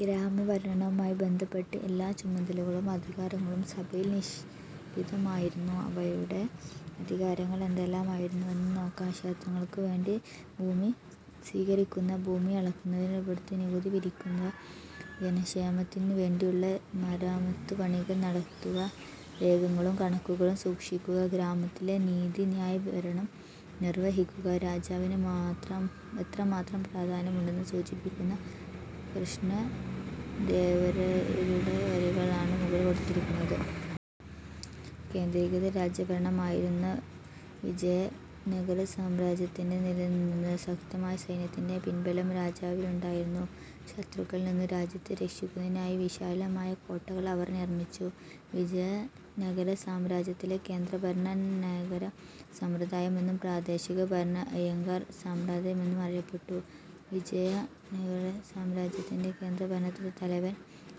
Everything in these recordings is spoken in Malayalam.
ഗ്രാമഭരണവുമായി ബന്ധപ്പെട്ട എല്ലാ ചുമതലകളും അധികാരങ്ങളും സഭയിൽ നിക്ഷിപ്തമായിരുന്നു. അവയുടെ അധികാരങ്ങൾ എന്തെല്ലാമായിരുന്നുവെന്ന് നോക്കാം. ക്ഷേത്രങ്ങൾക്കുവേണ്ടി ഭൂമി സ്വീകരിക്കുക. ഭൂമി അളന്നുതിട്ടപ്പെടുത്തി നികുതി പിരിക്കുക. ജനക്ഷേമത്തിനുവേണ്ടിയുള്ള മരാമത്തുപണികൾ നടത്തുക. രേഖകളും കണക്കുകളും സൂക്ഷിക്കുക. ഗ്രാമത്തിലെ നീതിന്യായഭരണം നിർവഹിക്കുക. രാജാവിന് എത്രമാത്രം പ്രാധാന്യമുണ്ടെന്ന് സൂചിപ്പിക്കുന്ന കൃഷ്ണദേവരായരുടെ വരികളാണ് മുകളിൽ കൊടുത്തിരിക്കുന്നത്. കേന്ദ്രീകൃത രാജഭരണമായിരുന്നു വിജയനഗരസാമ്രാജ്യത്തിൽ നിലനിന്നിരുന്നത്. ശക്തമായ സൈന്യത്തിന്റെ പിൻബലം രാജാവിനുണ്ടായിരുന്നു. ശത്രുക്കളിൽ നിന്നു രാജ്യത്തെ രക്ഷിക്കുന്നതിനായി വിശാലമായ കോട്ടകൾ അവർ നിർമിച്ചു. വിജയ നഗരസാമ്രാജ്യത്തിലെ കേന്ദ്രഭരണം നായങ്കര സമ്പ്രദായമെന്നും പ്രാദേശികഭരണം അയ്യഗാർ സമ്പ്രദായമെന്നും അറിയപ്പെട്ടു. വിജയനഗരസാമ്രാജ്യത്തിൽ കേന്ദ്രഭരണത്തിന്റെ തലവൻ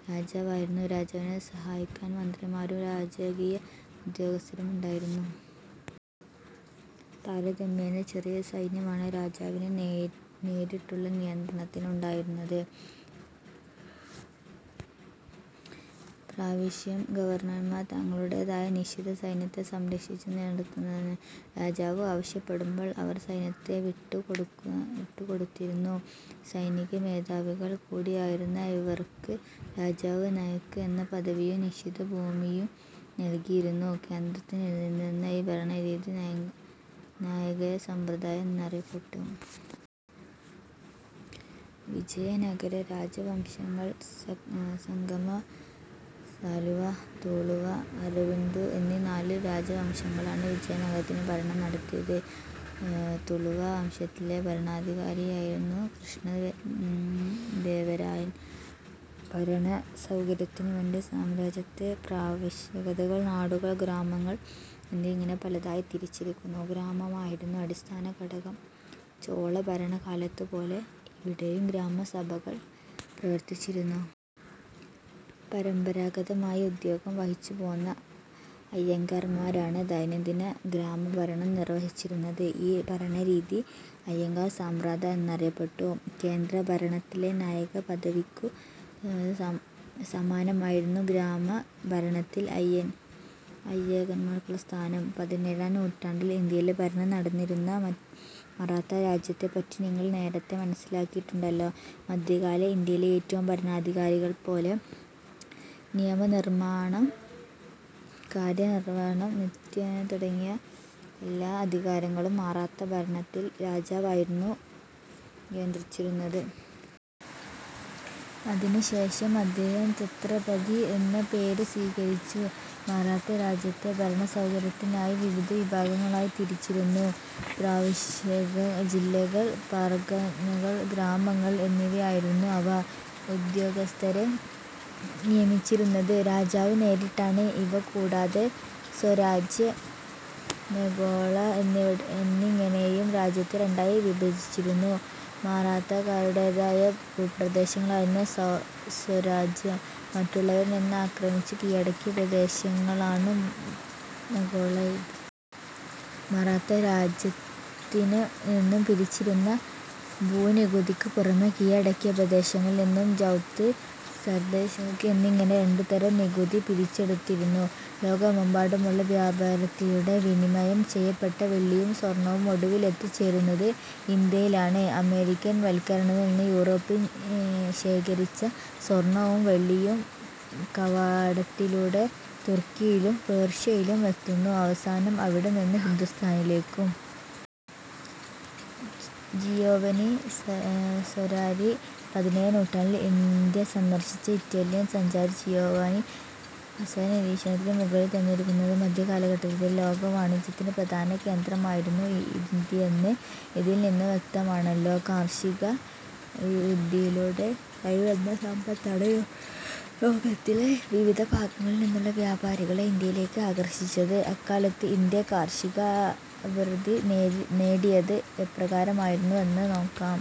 രാജാവായിരുന്നു. രാജാവിനെ സഹായിക്കാൻ മന്ത്രിമാരും രാജകീയ ഉദ്യോഗസ്ഥരും ഉണ്ടായിരുന്നു. താരതമ്യേന ചെറിയ സൈന്യമാണ് രാജാവിന്റെ നേരിട്ടുള്ള നിയന്ത്രണത്തിൽ ഉണ്ടായിരുന്നത്. പ്രവിശ്യാ ഗവർണർമാർ തങ്ങളുടേതായ നിശ്ചിത സൈന്യത്തെ സംരക്ഷിച്ചു നിലനിർത്തിയിരുന്നു. രാജാവ് ആവശ്യപ്പെടുമ്പോൾ അവർ സൈന്യത്തെ വിട്ടുകൊടുത്തിരുന്നു. സൈനികമേധാവികൾ കൂടിയായിരുന്ന ഇവർക്ക് രാജാവ് നായക് എന്ന പദവിയും നിശ്ചിത ഭൂമിയും നൽകിയിരുന്നു. കേന്ദ്രത്തിൽ നിലനിന്നിരുന്ന ഈ ഭരണരീതി നായങ്കര സമ്പ്രദായം എന്നറിയപ്പെട്ടു. വിജയനഗര രാജവംശങ്ങൾ: സംഗമ, സാലുവ, തുളുവ, അരവീഡു എന്നീ നാലു രാജവംശങ്ങളാണ് വിജയനഗരത്തിൽ ഭരണം നടത്തിയത്. തുളുവ വംശത്തിലെ ഭരണാധികാരിയായിരുന്നു കൃഷ്ണദേവരായർ. ഭരണസൗകര്യത്തിനു വേണ്ടി സാമ്രാജ്യത്തെ പ്രവിശ്യകൾ, നാടുകൾ, ഗ്രാമങ്ങൾ എന്നിങ്ങനെ പലതായി തിരിച്ചിരുന്നു. ഗ്രാമം ആയിരുന്നു അടിസ്ഥാന ഘടകം. ചോളഭരണകാലത്തേതു പോലെ ഇവിടെയും ഗ്രാമസഭകൾ പ്രവർത്തിച്ചിരുന്നു. പരമ്പരാഗതമായി ഉദ്യോഗം വഹിച്ചുപോന്ന അയ്യഗാർമാരാണ് ദൈനം ദിന ഗ്രാമഭരണം നിർവഹിച്ചിരുന്നത്. ഈ ഭരണരീതി അയ്യഗാർ സമ്പ്രദായം എന്നറിയപ്പെട്ടു. കേന്ദ്രഭരണത്തിലെ നായക പദവിക്കു സമാനമായിരുന്നു ഗ്രാമഭരണത്തിൽ അയ്യഗാർമാർക്കുള്ള സ്ഥാനം. പതിനേഴാം നൂറ്റാണ്ടിൽ ഇന്ത്യയിൽ ഭരണം നടത്തിയിരുന്ന മറാത്തരാജ്യത്തെപ്പറ്റി നിങ്ങൾ നേരത്തേ മനസ്സിലാക്കിയിട്ടുണ്ടല്ലോ. മധ്യകാല ഇന്ത്യയിലെ മറ്റു ഭരണാധികാരികളെപ്പോലെ നിയമനിർമാണം, കാര്യനിർവഹണം, നീതിന്യായം, സൈന്യം തുടങ്ങിയ എല്ലാ അധികാരങ്ങളും മറാത്ത ഭരണത്തിൽ രാജാവായിരുന്നു നിയന്ത്രിച്ചിരുന്നത്. അതിനു ശേഷം അദ്ദേഹം ഛത്രപതി എന്ന പേരു സ്വീകരിച്ചു. മറാത്ത രാജ്യത്തെ ഭരണസൗകര്യത്തിനായി വിവിധ വിഭാഗങ്ങളായി തിരിച്ചിരുന്നു. പ്രവിശ്യകൾ, ജില്ലകൾ, പർഗാനകൾ, ഗ്രാമങ്ങൾ എന്നിവയായിരുന്നു അവ. ഉദ്യോഗസ്ഥരെ നിയമിച്ചിരുന്നത് രാജാവ് നേരിട്ടാണ്. ഇവ കൂടാതെ സ്വരാജ്യ, മൊഗളൈ എന്നിങ്ങനെയും രാജ്യത്തെ രണ്ടായി വിഭജിച്ചിരുന്നു. മറാത്തക്കാരുടേതായ ഭൂപ്രദേശങ്ങളായിരുന്നു സ്വരാജ്യം, മറ്റുള്ളവരിൽനിന്ന് ആക്രമിച്ചു കീഴടക്കിയ പ്രദേശങ്ങളാണു മൊഗളൈ. മറാത്തരാജ്യത്തുനിന്നു പിരിച്ചിരുന്ന ഭൂനികുതിക്ക് പുറമെ കീഴടക്കിയ പ്രദേശങ്ങളിൽ നിന്നും ചൗത്, സർദേശ്മുഖി എന്നിങ്ങനെ രണ്ടുതരം നികുതികൾ പിരിച്ചെടുത്തിരുന്നു. ലോകമെമ്പാടുമുള്ള വ്യാപാരത്തിലൂടെ വിനിമയം ചെയ്യപ്പെട്ട വെള്ളിയും സ്വർണവും ഒടുവിൽ എത്തിച്ചേരുന്നത് ഇന്ത്യയിലാണ്. അമേരിക്കൻ വൻകരയിൽനിന്ന് യൂറോപ്വർ ശേഖരിച്ച സ്വർണവും വെള്ളിയും കച്ചവടത്തിലൂടെ തുർക്കിയിലും പേർഷ്യയിലും എത്തുന്നു. അവസാനം അവിടെനിന്ന് ഹിന്ദുസ്ഥാനിലേക്കും. ജിയോവനി സെരാരി. പതിനേഴാം നൂറ്റാണ്ടിൽ ഇന്ത്യ സന്ദർശിച്ച ഇറ്റാലിയൻ സഞ്ചാരി ജിയോവനി സെരാരിയുടെ നിരീക്ഷണമാണ് മുകളിൽ തന്നിരിക്കുന്നത്. മധ്യകാലഘട്ടത്തിലെ ലോകവാണിജ്യത്തിന്റെ പ്രധാന കേന്ദ്രമായിരുന്നു ഇന്ത്യയെന്ന് ഇതിൽനിന്നു വ്യക്തമാണല്ലോ. കാർഷികാഭിവൃദ്ധിയിലൂടെ കൈവന്ന സമ്പത്താണ് ലോകത്തിലെ വിവിധ ഭാഗങ്ങളിൽനിന്നുള്ള വ്യാപാരികളെ ഇന്ത്യയിലേക്ക് ആകർഷിച്ചത്. അക്കാലത്ത് ഇന്ത്യ കാർഷികാഭിവൃദ്ധി നേടിയത് എപ്രകാരമായിരുന്നുവെന്ന് നോക്കാം.